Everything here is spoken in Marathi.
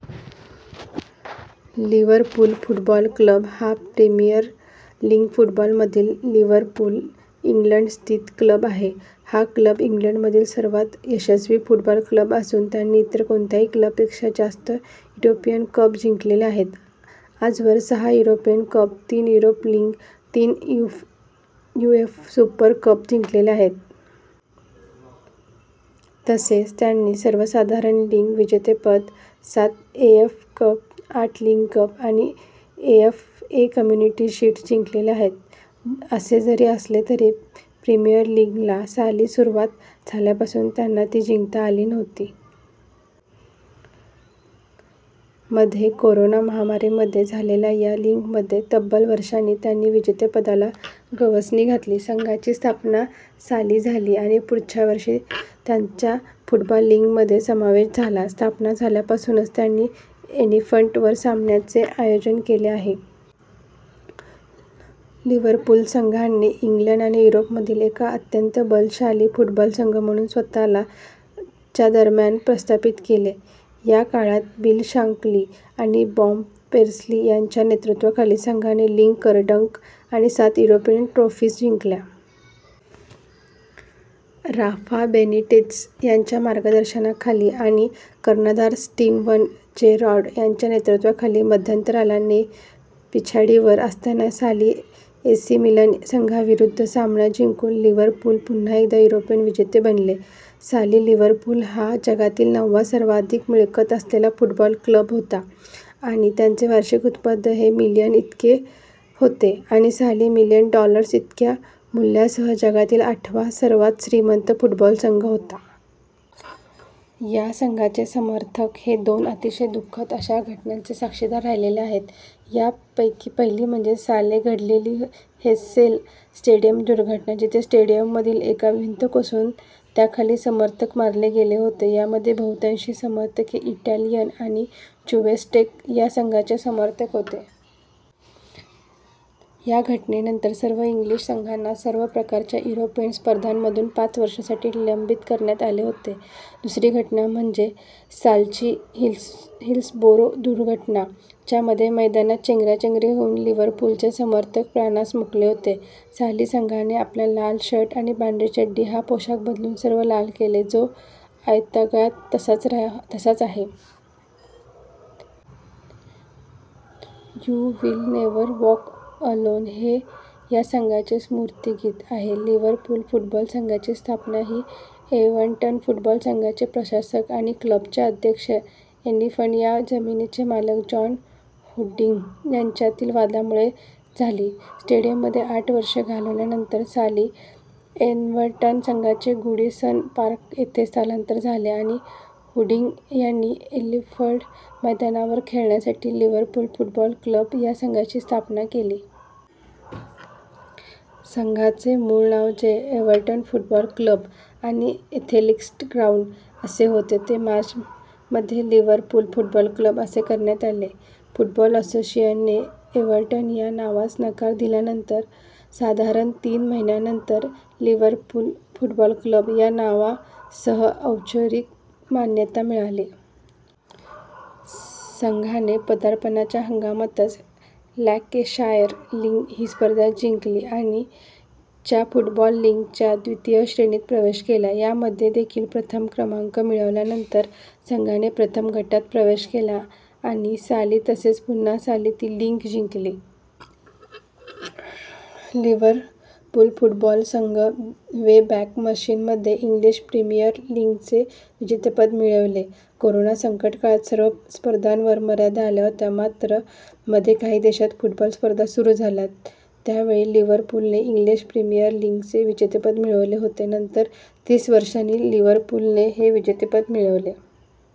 लिवरपूल फुटबॉल क्लब हा प्रिमियर लीग फुटबॉल मधील लिवरपूल, इंग्लंड स्थित क्लब आहे. हा क्लब इंग्लंडमधील सर्वात यशस्वी फुटबॉल क्लब असून त्यांनी इतर कोणत्याही क्लब पेक्षा जास्त युरोपियन कप जिंकलेले आहेत. आजवर सहा युरोपियन कप, तीन युरोप लीग आणि तीन युएफा सुपर कप जिंकलेले आहेत. तसेच त्यांनी सर्वसाधारण लीग विजेतेपद, सात एफए कप, आठ लीग कप, आणि एफए कम्युनिटी शील्ड्स जिंकलेले आहेत. असे जरी असले तरी प्रिमियर लीगला साली सुरुवात झाल्यापासून त्यांना ती जिंकता आली नव्हती. मध्ये करोना महामारीमध्ये झालेल्या या लीगमध्ये तब्बल वर्षांनी त्यांनी विजेतेपदाला गवसणी घातली. संघाची स्थापना साली झाली आणि पुढच्याच वर्षी त्यांचा फुटबॉल लीग मध्ये समावेश झाला. स्थापना झाल्यापासूनच त्यानी एन्फिल्ड वर सामन्यांचे आयोजन केले आहे. लिवरपूल संघाने इंग्लंड आणि युरोपमधील एक अत्यंत बलशाली फुटबॉल संघ म्हणून स्वतःला - च्या दरम्यान प्रस्थापित केले. या काळात बिल शांकली आणि बॉब पेस्ली यांच्या नेतृत्वाखाली संघाने लीग करंडक आणि सात युरोपियन ट्रोफिज जिंकल्या. राफा बेनिटेज यांच्या मार्गदर्शनाखाली आणि कर्णधार स्टीवन जेरार्ड याच्या नेतृत्वाखाली मध्यंतराला - ने पिछाडीवर असतानाही साली एसी मिलान संघाविरुद्ध सामना जिंकून लिवरपूल पुन्हा एकदा युरोपियन विजेते बनले. - साली लिवरपूल हा जगातील नववा सर्वाधिक मिळकत असेलला फुटबॉल क्लब होता, आणि त्यांचे वार्षिक उत्पन्न हे मिलियन इतके होते, आणि साली मिलियन डॉलर्स इतक्या मुल्ल्यासह जगातील आठवा सर्वात श्रीमंत फुटबॉल संघ होता. या संघाचे समर्थक हे दोन अतिशय दुःखद अशा घटनांचे साक्षीदार राहिलेले आहेत. या पैकी पहिली म्हणजे साले घडलेली हेसेल स्टेडियम दुर्घटना जिथे स्टेडियममधील एक भिंत कोसळून त्याखाली समर्थक मारले गेले होते. यामध्ये बहुतांशी समर्थक हे इटालियन आणि जूवेंटस या संघाचे समर्थक होते. या घटनेनंतर सर्व इंग्लिश संघांना सर्व प्रकारच्या युरोपियन स्पर्धांमधून पाच वर्षांसाठी निलंबित करण्यात आले होते. दुसरी घटना म्हणजे सालची हिल्सबोरो दुर्घटना ज्यामध्ये मैदानात चेंगराचेंगरी होऊन लिवरपूलचे समर्थक प्राणास मुकले होते. साली संघाने आपला लाल शर्ट आणि पांढरी चड्डी हा पोशाख बदलून सर्व लाल केला, जो आजतागायत तसाच आहे. "You will never walk alone" हे या संघाचे स्फूर्तीगीत आहे लिवरपूल फुटबॉल संघाची स्थापना ही एव्हर्टन फुटबॉल संघाचे प्रशासक आणि क्लबचे अध्यक्ष व एन्फिल्ड या जमिनीचे मालक जॉन हुल्डींग यांच्यातील वादामुळे झाली. स्टेडीयममध्ये आठ वर्षे घालवल्यानंतर साली एव्हर्टन संघाचे गूडीसन पार्क येथे स्थलांतर झाले आणि हुल्डींग यांनी एन्फिल्ड मैदानावर खेळण्यासाठी लिवरपूल फुटबॉल क्लब या संघाची स्थापना केली. संघाचे मूळ नाव जे "एव्हर्टन फुटबॉल क्लब आणि एथलेटिक्स ग्राउंड " असे होते ते मार्च मध्ये लिवरपूल फुटबॉल क्लब असे करण्यात आले. फुटबॉल असोसिएशन ने एव्हर्टन या नावास नकार दिल्यानंतर साधारण तीन महिन्यानंतर लिवरपूल फुटबॉल क्लब या नावासस औपचारिक मान्यता मिळाली. संघाने पदार्पणाच्या हंगामातच लँकेशायार लीग ही स्पर्धा जिंकली आणि - च्या फुटबॉल लीगच्या द्वितीय श्रेणीत प्रेवेश केला. यामध्ये देखील प्रथम क्रमांक मिळवल्यानंतर संघाने प्रथम गटात प्रवेश केला आणि साली तसेच पुन्हा साली ती लीग जिंकली. लिवरपूल फुटबॉल संघ वेबॅक मशीन. मध्ये इंग्लिश प्रीमियर लीगचे विजेतेपद मिळविले. करोना संकटकाळात सर्व स्पर्धांवर मर्यादा आल्या होत्या. मात्र मध्ये काही देशांत फुटबॉल स्पर्धा सुरू झाल्या. त्या वेळी लिवरपूलने इंग्लिश प्रीमियर लीगचे विजेतेपद मिळविले होते. नंतर तीस वर्षांनी लिवरपूलने हे विजेतेपद मिळविले.